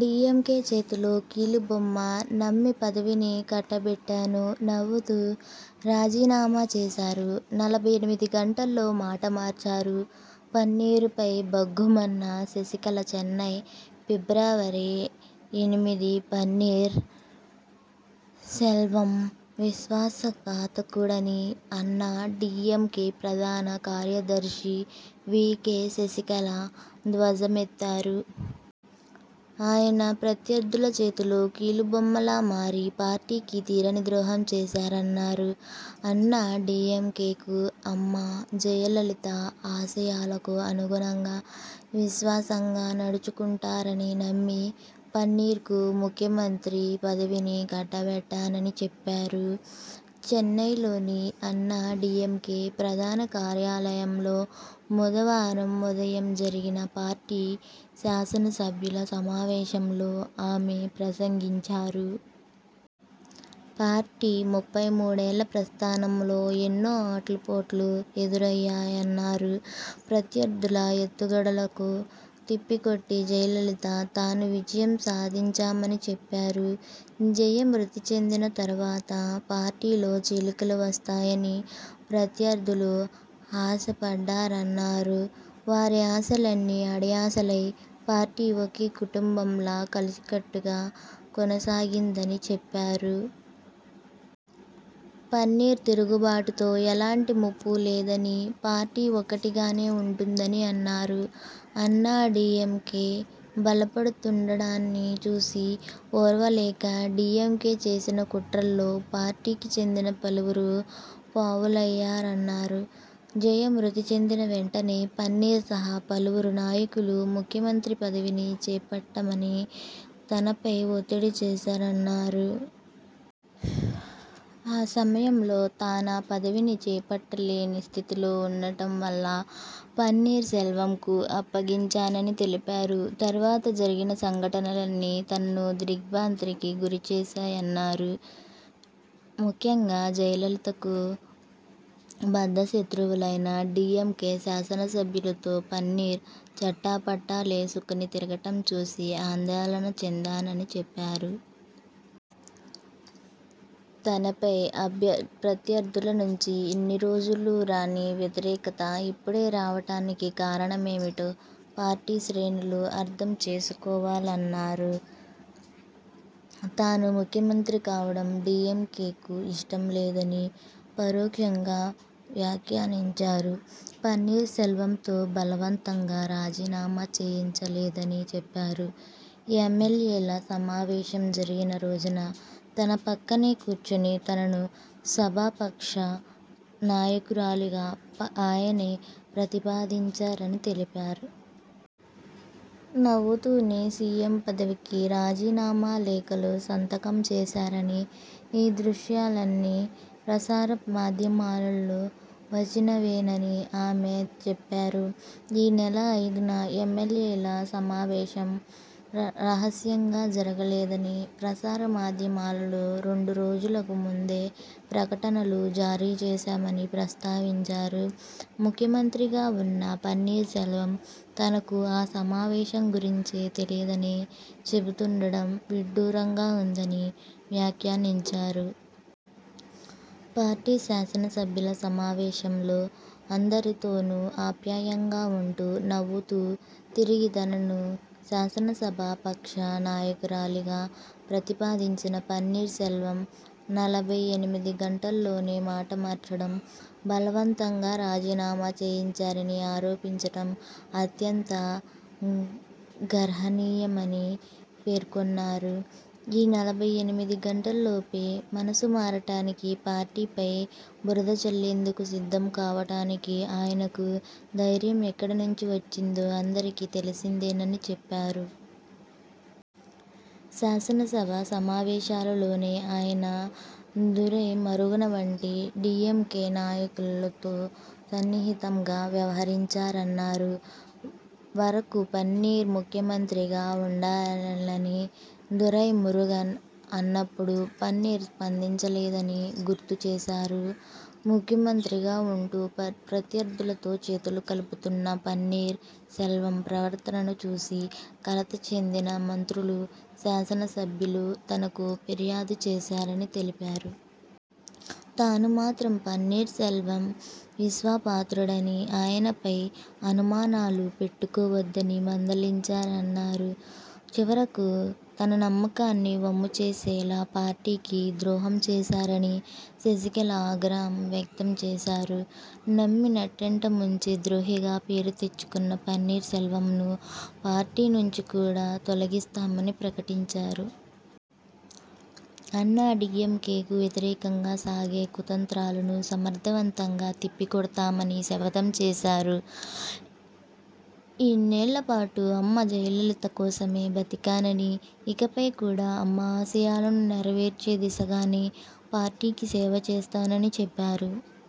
DMK చేతిలో కీలుబొమ్మ నమ్మి పదవిని కట్టబెట్టాను నవ్వుతూ రాజీనామా చేశారు నలభై ఎనిమిది గంటల్లో మాట మార్చారు పన్నీరు పై భగ్గుమన్న శశికళ చెన్నై, ఫిబ్రవరి ఎనిమిది పన్నీర్ సెల్వం విశ్వాస ఘాతకుడని అన్నా డీఎంకే ప్రధాన కార్యదర్శి వీ కే శశికళ ధ్వజమెత్తారు. ఆయన ప్రత్యర్థుల చేతిలో కీలుబొమ్మలా మారి పార్టీకి తీరని ద్రోహం చేశారన్నారు. అన్నాడీఎంకేకు, అమ్మ జయలలిత ఆశయాలకు అనుగుణంగా, విశ్వాసంగా నడచుకుంటారని నమ్మి పన్నీర్ కు ముఖ్యమంత్రి పదవిని కట్టబెట్టానని చెప్పారు. చెన్నైలోని అన్నాడీఎంకే ప్రధాన కార్యాలయంలో బుధవారం ఉదయం జరిగిన పార్టీ శాసనసభ్యుల సమావేశంలో ఆమె ప్రసంగించారు. పార్టీ ముప్పై మూడు ఏళ్ల ప్రస్థానంలో ఎన్నో ఆటుపోట్లు ఎదురయ్యాయన్నారు. ప్రత్యర్థుల ఎత్తుగడలకు తిప్పికొట్టి జయలలిత, తాను విజయం సాధించామని చెప్పారు. జయ మృతి చెందిన తర్వాత పార్టీలో చీలికలు వస్తాయని ప్రత్యర్థులు ఆశ పడ్డారన్నారు. వారి ఆశలన్నీ అడియాసలై పార్టీ ఒకే కుటుంబంలా కలసికట్టుగా కొనసాగిందని చెప్పారు. పన్నీర్ తిరుగుబాటుతో ఎలాంటి ముప్పూ లేదని, పార్టీ ఒక్కటిగానే ఉంటుందని అన్నారు. అన్నాడీఎంకే బలపడుతుండటాన్ని చూసి ఓర్వలేక డీఎంకే చేసిన కుట్రల్లో పార్టీకి చెందిన పలువురు పావులయ్యారన్నారు. జయ మృతి చెందిన వెంటనే పన్నీర్ సహా పలువురు నాయకులు ముఖ్యమంత్రి పదవిని చేపట్టమని తనపై ఒత్తిడి చేశారన్నారు. ఆ సమయంలో తానా పదవిని చేపట్టలేని స్థితిలో ఉండటం వల్ల పన్నీర్ సెల్వంకు అప్పగించానని తెలిపారు. తర్వాత జరిగిన సంఘటనలన్నీ తనను దిగ్ర్భాంతికి గురి చేశాయన్నారు. ముఖ్యంగా జయలలితకు బద్ధ శత్రువులైన డీఎంకే శాసన సభ్యులతో పన్నీర్ చెట్టాపట్టాలేసుకుని తిరగటం చూసి ఆందోళన చెందానని చెప్పారు. తనపై అభ్య ప్రత్యర్థుల నుంచి ఇన్ని రోజులూ రాని వ్యతిరేకత ఇప్పుడే రావటానికి కారణమేమిటో పార్టీ శ్రేణులు అర్థం చేసుకోవాలన్నారు. తాను ముఖ్యమంత్రి కావడం డీఎంకేకు ఇష్టం లేదని పరోక్షంగా వ్యాఖ్యానించారు. పన్నీర్ సెల్వంతో బలవంతంగా రాజీనామా చేయించలేదని చెప్పారు. ఎమ్మెల్యేల సమావేశం జరిగిన రోజున తన పక్కనే కూర్చుని తనను సభాపక్ష నాయకురాలిగా ఆయనే ప్రతిపాదించారని తెలిపారు. నవ్వుతూనే సీఎం పదవికి రాజీనామా లేఖలో సంతకం చేశారని, ఈ దృశ్యాలన్నీ ప్రసార మాధ్యమాలలో వచ్చినవేనని ఆమె చెప్పారు. ఈ నెల ఐదున ఎమ్మెల్యేల సమావేశం రహస్యంగా జరగలేదని, ప్రసార మాధ్యమాలలో రెండు రోజులకు ముందే ప్రకటనలు జారీ చేశామని ప్రస్తావించారు. ముఖ్యమంత్రిగా ఉన్న పన్నీర్ సెల్వం తనకు ఆ సమావేశం గురించే తెలియదని చెబుతుండటం విడ్డూరంగా ఉందని వ్యాఖ్యానించారు. పార్టీ శాసన సభ్యుల సమావేశంలో అందరి తోనూ ఆప్యాయంగా ఉంటూ నవ్వుతూ తిరిగి, తనను శాసనసభా పక్ష నాయకురాలిగా ప్రతిపాదించిన పన్నీర్ సెల్వం నలభై ఎనిమిది గంటలలోనే మాట మార్చడం, బలవంతంగా రాజీనామా చేయించారని ఆరోపించటం అత్యంత గర్హనీయమని పేర్కొన్నారు. ఈ నలభై ఎనిమిది గంటలలోపే మనసు మారటానికి, పార్టీపై బురద జల్లేందుకు సిద్ధం కావటానికి ఆయనకు ధైర్యం ఎక్కడి నుంచి వచ్చిందో అందరికీ తెలిసిందేనని చెప్పారు. శాసనసభ సమావేశాలలోనే ఆయన దురై మురుగన వంటి డీఎంకే నాయకులతో సన్నిహితంగా వ్యవహించారన్నారు. వరకు పన్నీర్ ముఖ్యమంత్రిగా ఉండాలని దురైమురుగన్ అన్నపుడు పన్నీర్ స్పందించలేదని గుర్తు చేశారు. ముఖ్యమంత్రిగా ఉంటూ ప్రత్యర్థులతో చేతులు కలుపుతున్న పన్నీర్ సెల్వం ప్రవర్తనను చూసి కలత చెందిన మంత్రులు, శాసన సభ్యులు తనకు ఫిర్యాదు చేశారని తెలిపారు. తాను మాత్రం పన్నీర్ సెల్వం విశ్వాపాత్రుడని ఆయనపై అనుమానాలు పెట్టుకోవద్దని మందలించానన్నారు. చివరకు తన నమ్మకాన్ని వమ్ము చేసేలా పార్టీకి ద్రోహం చేశారని శశికళ ఆగ్రహం వ్యక్తం చేశారు. నమ్మి నట్టేట ముంచే ద్రోహిగా పేరు తెచ్చుకున్న పన్నీర్ సెల్వంను పార్టీ నుండి కూడా తొలగిస్తామని ప్రకటించారు. అన్నాడీఎంకేకు వ్యతిరేకంగా సాగే కుతంత్రాలను సమర్థవంతంగా తిప్పి కొడతామని శపథం చేశారు. ఇన్నేళ్ల పాటు అమ్మ జయలలిత కోసమే బతికానని, ఇకపై కూడా అమ్మ ఆశయాలను నెరవేర్చే దిశగానే పార్టీకి సేవ చేస్తానని చెప్పారు.